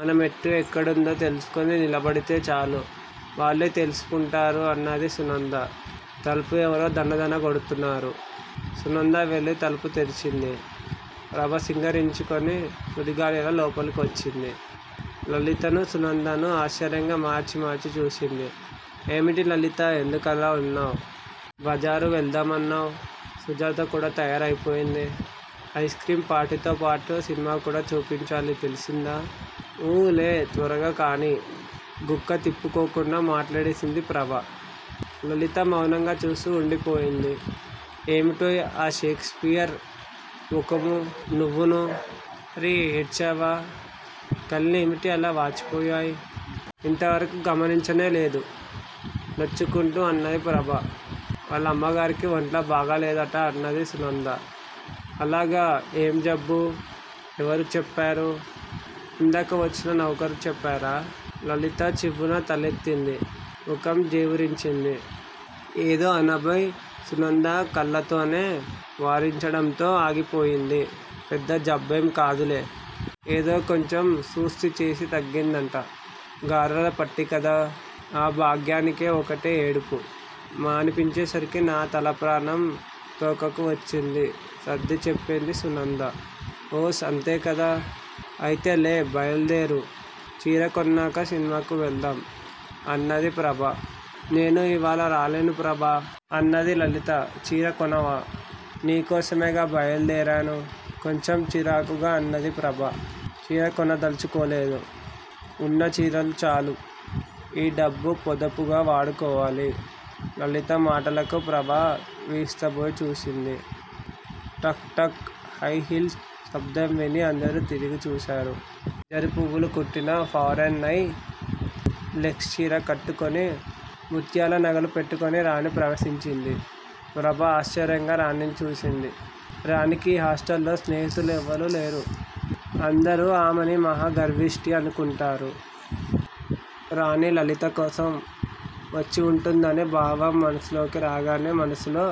మనమెట్టు ఎక్కడుందో తెలుసుకొని నిలబడితే చాలు. వాళ్ళే తెలుసుకుంటారు అన్నది సునంద. తలుపు ఎవరో ధన ధన కొడుతున్నారు. సునంద వెళ్ళి తలుపు తెరిచింది. ప్రభ సింగారించుకొని సుడిగాలిలా లోపలకు వచ్చింది. లలితనూ, సునందనూ ఆశ్చర్యంగా మార్చి మార్చి చూసింది. ఏమిటి లలితా? ఎందుకలా వున్నావ్? బజారు వెళ్దామన్నావ్? సుజాత కూడ తయారై పోయింది. ఐస్ క్రీం పార్టీతోపాటు సినిమాకూడా చూపించాలి తెలిసిందా! ఊ! లే! త్వరగా కానియ్! గుక్కతిప్పుకోకుండా మాట్లాడేసింది ప్రభ. లలిత మౌనంగా చూస్తూ వుండిపోయింది. ఏమిటోయ్ ఆ షేక్స్ పియర్ ముఖమూ నువ్వునూ! అరే ఏడ్చావా? కళ్ళేమిటి అలా వాచిపోయాయ్? ఇంతవరకూ గమనించనేలేదు? నొచ్చుకుంటూ అన్నది ప్రభ. వాళ్ళ అమ్మగారికి వంట్లో బాగాలేదట అన్నది సునంద. అలాగా? ఏం జబ్బు? ఎవరు చెప్పారు? ఇందాక వచ్చిన నౌకరు చెప్పాడా? లలిత చివ్వున తలెత్తింది. ముఖం జేవురించింది. ఏదో అనబోయి సునంద కళ్ళతోనే వారించడంతో ఆగిపోయింది. పెద్ద జబ్బేం కాదులే. ఏదో కొంచెం సుస్తీ చేసి తగ్గిందట. గారాలపట్టి గదా! ఆ భాగ్యానికే ఒకటే ఏడుపు. మానిపించే సరికి నా తలప్రాణం తోకకి వచ్చింది సర్ది చెప్పింది సునంద. ఓస్ అంతేగదా! అయితే లే బయలుదేరు. చీర కొన్నాక సినిమాకు వెళ్దాం! అన్నది ప్రభ. నేను ఇవ్వాళ రాలేను ప్రభా! అన్నది లలిత. చీర కొనవా? నీ కోసమేగా బయలుదేరాను? కొంచెం చిరాకుగా అన్నది ప్రభ. చీర కొనదల్చుకోలేదు. వున్న చీరలు చాలు. ఈ డబ్బు పొదుపుగా వాడుకోవాలి. లలిత మాటలకు ప్రభ విస్తుబోయి చూసింది. టక్ టక్ హైహీల్స్ శబ్దం విని అందరూ తిరిగి చూశారు. జరీ పువ్వులు కుట్టిన ఫారెన్ నై లెక్స్ చీర కట్టుకొని, ముత్యాల నగలు పెట్టుకొని రాణి ప్రవేశించింది. ప్రభ ఆశ్చర్యంగా రాణీని చూసింది. రాణీకి హాస్టల్లో స్నేహితుళ్లెవరూ లేరు. అందరూ ఆమెను మహా గర్విష్టి అనుకుంటారు. రాణీ లలితకోసం వచ్చివుంటుందనే భావం మనసులోకి రాగానే మనసులో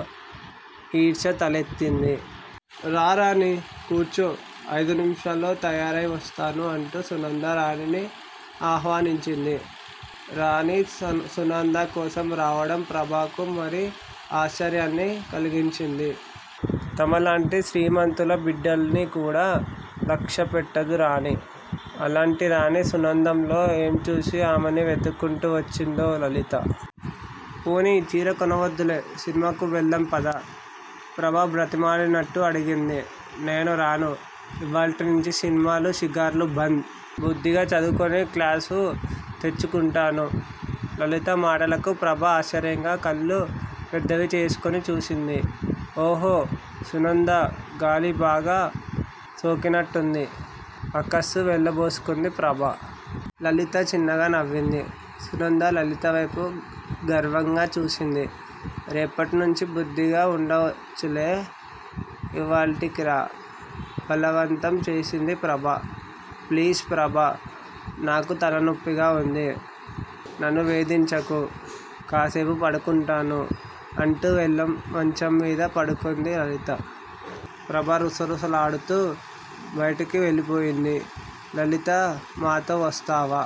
ఈర్ష్య తలెత్తింది. రా! రాణీ? కూర్చో! ఐదు నిముషాల్లో తయారై వస్తాను అంటూ సునంద రాణీని ఆహ్వానించింది. రాణి సునంద కోసం రావడం ప్రభకు మరీ ఆశ్చర్యాన్ని కలిగించింది. తమలాంటి శ్రీమంతుల బిడ్డల్ని కూడా లక్ష్యపెట్టదు రాణి. అలాంటి రాణి సునందలో ఏంచూసి ఆమెను వెతుక్కుంటూ వచ్చిందో? లలితా! పోనియ్ చీర కొనవద్దులే సినిమాకు వెళ్దాం పద! ప్రభ బ్రతిమాలిన్నట్టు అడిగింది. నేను రాను! ఇవ్వాల్టినుంచి సినిమాలు, షికార్లూ బంద్. బుద్ధిగా చదువుకొని క్లాసు తెచ్చుకుంటాను. లలిత మాటలకు ప్రభ ఆశ్చర్యంగా కళ్ళు పెద్దవి చేసుకొని చూసింది. ఓహో! సునంద గాలి బాగా సోకినట్టుంది! అక్కసు వెళ్ళబోసుకుంది ప్రభ. లలిత చిన్నగా నవ్వింది. సునంద లలితవైపు గర్వంగా చూసింది. రేపటినుంచి బుద్ధిగా వుండొచ్చులే ఇవ్వాల్టికిరా! బలవంతం చేసింది ప్రభ. ప్లీజ్ ప్రభా! నాకు తలనొప్పిగా వుంది. నన్ను వేధించకు. కాసేపు పడుకుంటాను అంటూవెళ్ళి మంచం మీద పడుకుంది లలిత. ప్రభ రుసరుసలాడుతూ బయటికి వెళ్ళిపోయింది. లలితా మాతో వస్తావా?